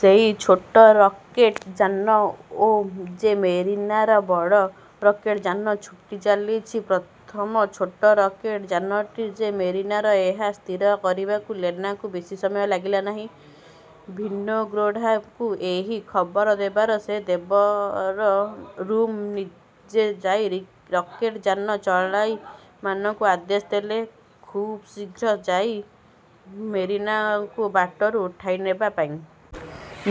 ସେଇ ଛୋଟ ରକେଟ୍ ଯାନର ଯେ ମେରିନାର ବଡ଼ ରକେଟ୍ ଯାନ ଛୁଟିଚାଲିଛି। ପ୍ରଥମ ଛୋଟ ରକେଟ୍ ଯାନଟି ଯେ ମେରିନାର, ଏହା ସ୍ଥିର କରିବାକୁ ଲେନାକୁ ବେଶି ସମୟ ଲାଗିଲା ନାହିଁ। ଭିନୋଗ୍ରେଡ଼ୋଭ୍ଙ୍କୁ ଏହି ଖବର ଦେବାରେ ସେ ବେତାର ରୁମ୍କୁ ନିଜେ ଯାଇ ରକେଟ୍ ଯାନର ଚାଳକମାନଙ୍କୁ ଆଦେଶ ଦେଲେ ଖୁବ୍ଶୀଘ୍ର ଯାଇ ମେରିନାକୁ ବାଟରୁ ଉଠାଇ ନେବାପାଇଁ।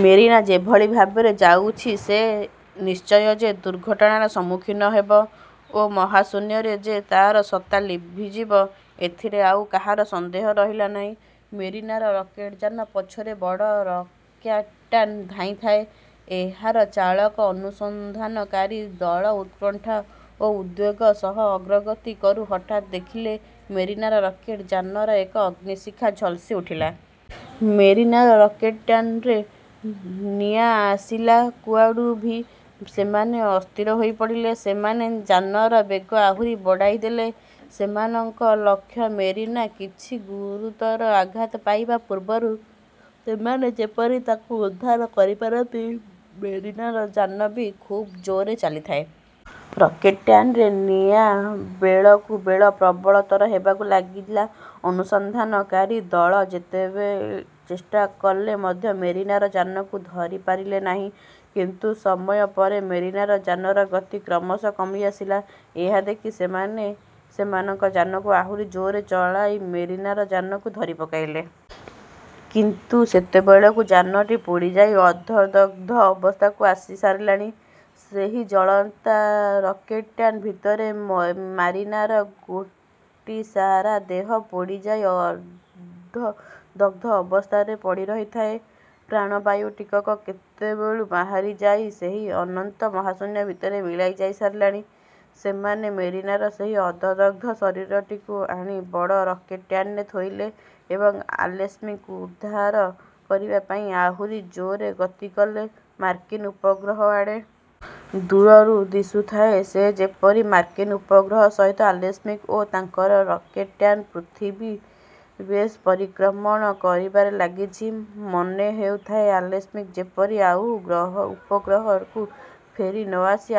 ମେରିନା ଯେଭଳି ଭାବରେ ଯାଉଛି, ସେ ନିଶ୍ଚୟ ଯେ ଦୁର୍ଘଟଣାର ସମ୍ମଖୀନ ହେବ ଓ ମହାଶୂନ୍ୟରେ ଯେ ତାର ସତ୍ତା ଲଭିଯିବ, ଏଥିରେ ଆଉ କାହାର ସନ୍ଦେହ ରହିଲା ନାହିଁ। ମେରିନାର ରକେଟଯାନ ପଛରେ ବଡ଼ ରକେଟ୍ଯାନ ଧାଇଁଥାଏ। ଏହାର ଚାଳକ ଅନୁସନ୍ଧାନକାରୀ ଦଳ ଉତ୍କଣ୍ଠା ଓ ଉଦ୍ବେଗ ସହ ଅଗ୍ରଗତି କରୁ ହଠାତ୍ ଦେଖିଲେ ମେରିନାର ରକେଟ୍ ଯାନରେ ଏକ ଅଗ୍ନିଶିଖା ଝଲସି ଉଠିଲା। ମେରିନାର ରକେଟ୍ଯାନରେ ନିଆଁ ଆସିଲା କୁଆଡ଼ୁ ଭାବି ସେମାନେ ଅସ୍ଥିର ହୋଇପଡ଼ିଲେ। ସେମାନେ ଯାନର ବେଗ ଆହୁରି ବଢ଼ାଇ ଦେଲେ। ସେମାନଙ୍କ ଲକ୍ଷ୍ୟ ମେରିନା କିଛି ଗୁରୁତର ଆଘାତ ପାଇବା ପୂର୍ବରୂ ସେମାନେ ଯେପରି ତାକୁ ଉଦ୍ଧାର କରିପାରନ୍ତି। ମେରିନାର ଯାନ ବି ଖୁବ୍ ଜୋର୍ରେ ଚାଲିଥାଏ। ରକେଟ୍ଯାନରେ ନିଆଁ ବେଳକୁ ବେଳ ପ୍ରବଳତର ହେବାକୁ ଲାଗିଲା। ଅନୁସନ୍ଧାନକାରୀ ଦଳ ଯେତେ ଚେଷ୍ଟା କଲେ ମଧ୍ୟ ମେରିନାର ଯାନକୁ ଧରି ପାରିଲେ ନାହିଁ। କିନ୍ତୁ ସମୟପରେ ମେରିନାର ଯାନର ଗତି କ୍ରମଶଃ କମିଆସିଲା। ଏହା ଦେଖି ସେମାନେ ସେମାନଙ୍କ ଯାନକୁ ଆହୁରି ଜୋର୍ରେ ଚଳାଇ ମେରିନାର ଯାନକୁ ଧରିପକାଇଲେ। କିନ୍ତୁ ସେତେବେଳକୁ ଯାନଟି ପୋଡ଼ି ଯାଇ ଅର୍ଦ୍ଧ-ଦଗ୍ଧ ଅବସ୍ଥାକୁ ଆସି ସରିଲାଣି। ସେହି ଜଳନ୍ତା ରକେଟ୍ଯାନ ଭିତରେ ମାରିନାର ଗୋଟି ସାରା ଦେହ ପୋଡ଼ି ଯାଇ ଅର୍ଦ୍ଧ-ଦଗ୍ଧ ଅବସ୍ଥାରେ ପଡ଼ିରହିଥାଏ। ପ୍ରାଣବାୟୁଟିକକ କେତେବେଳୁଁ ବାହାରିଯାଇ ସେହି ଅନନ୍ତ ମହାଶୂନ୍ୟ ଭିତରେ ମିଳାଇଯାଇ ସାରିଲେଣି। ସେମାନେ ମେରିନାର ସେହି ଅର୍ଦ୍ଧଦଗ୍ଧ ଶରୀରଟିକୁ ଆଣି ବଡ଼ ରକେଟ୍ଯାନରେ ଥୋଇଲେ ଏବଂ ଆଲେସ୍କିଙ୍କୁ ଉଦ୍ଧାର କରିବା ପାଇଁ ଆହୁରି ଜୋର୍ରେ ଗତିକଲେ ମାର୍କିନ୍ ଉପଗ୍ରହ ଆଡ଼େ। ଦୂରରୁ ଦିଶୁଥାଏ, ସତେ ଯେପରି ମାର୍କିନ୍ ଉପଗ୍ରହ ସହିତ ଆଲେସ୍କି ଓ ତାଙ୍କର ରକେଟ୍ଯାନ ପୃଥିବୀକୁ ବେଶ୍ ପରିକ୍ରମଣ କରିବାରେ ଲାଗିଛି। ମନେ ହେଉଥାଏ, ଆଲେସ୍କି ଯେପରି ଆଉ ଉପଗ୍ରହକୁ ଫେରି ନ ଆସି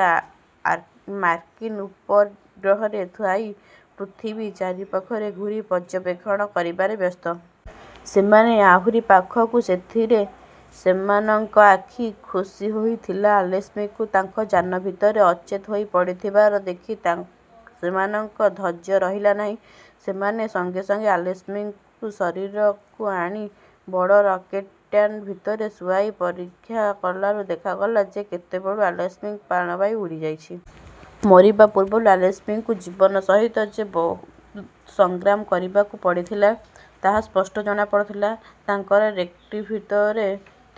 ମାର୍କିନ୍ ଉପଗ୍ରହରେ ଥାଇ ପୃଥିବୀ ଚାରିପାଖରେ ଘୂରି ପର୍ଯ୍ୟବେକ୍ଷଣ କରିବାରେ ବ୍ୟସ୍ତ। ସେମାନେ ଆହୁରି ପାଖକୁ ସେଥିରେ ସେମାନଙ୍କ ଆଖି ଖୋସି ହୋଇଗଲା ଆଲେସ୍କିଙ୍କୁ ତାଙ୍କ ଯାନ ଭିତରେ ଅଚେତ ହୋଇପଡ଼ିଥିବାର ଦେଖି ସେମାନଙ୍କ ଧୈର୍ଯ୍ୟ ରହିଲା ନାହିଁ। ସେମାନେ ସଙ୍ଗେ ସଙ୍ଗେ ଆଲେସ୍କିଙ୍କ ଶରୀରକୁ ଆଣି ବଡ଼ ରକେଟ୍ଯାନ ଭିତରେ ଶୁଆଇ ପରୀକ୍ଷାକଲାରୁ ଦେଖାଗଲା ଯେ କେତେବେଳୁଁ ଆଲେସ୍କିଙ୍କର ପ୍ରାଣବାୟୁ ଉଡ଼ିଯାଇଛି। ମରିବା ପୂର୍ବରୁ ଆଲେସ୍କିଙ୍କୁ ଜୀବନ ସହିତ ଯେ ବହୁତ ସଂଗ୍ରାମ କରିବାକୁ ପଡ଼ିଥିଲା, ତାହା ସ୍ପଷ୍ଟ ଜଣାପଡ଼ୁଥିଲା ତାଙ୍କର ରକେଟ୍ଭିତରେ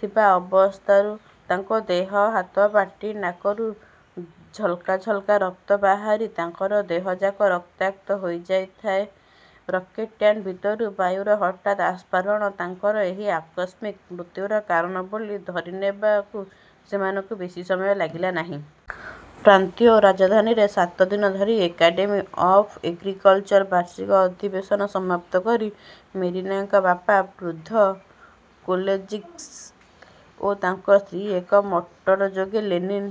ଥିବା ଅବସ୍ଥାରୁ। ତାଙ୍କ ଦେହ, ହାତ, ପାଟି, ନାକରୁ ଝଲକା ଝଲକା ରକ୍ତ ବାହାରି ତାଙ୍କର ଦେହଯାକ ରକ୍ତାକ୍ତ ହୋଇଯାଇଥାଏ। ରକେଟ୍ଯାନ ଭିତରୁ ବାୟୁର ହଠାତ୍ ଅପ୍ସାରଣ ତାଙ୍କର ଏହି ଆକସ୍ମିକ ମୃତ୍ୟୁର କାରଣ ବୋଲି ଧରିନେବାକୁ ସେମାନଙ୍କୁ ବେଶି ସମୟ ଲାଗିଲା ନାହିଁ। ପ୍ରାନ୍ତୀୟ ରାଜଧାନୀରେ ସାତଦିନ ଧରି ଏକାଡ଼େମୀ ଅଫ୍ ଏଗ୍ରିକଲ୍ଚରର ବାର୍ଷିକ ଅଧିବେଶନ ସମାପ୍ତ କରି ମେରିନାଙ୍କ ବାପା ବୃଦ୍ଧ କୋଜେଲେସ୍କି ଓ ତାଙ୍କ ସ୍ତ୍ରୀ ଏକ ମଟରଯୋଗେ ଲେନିନ୍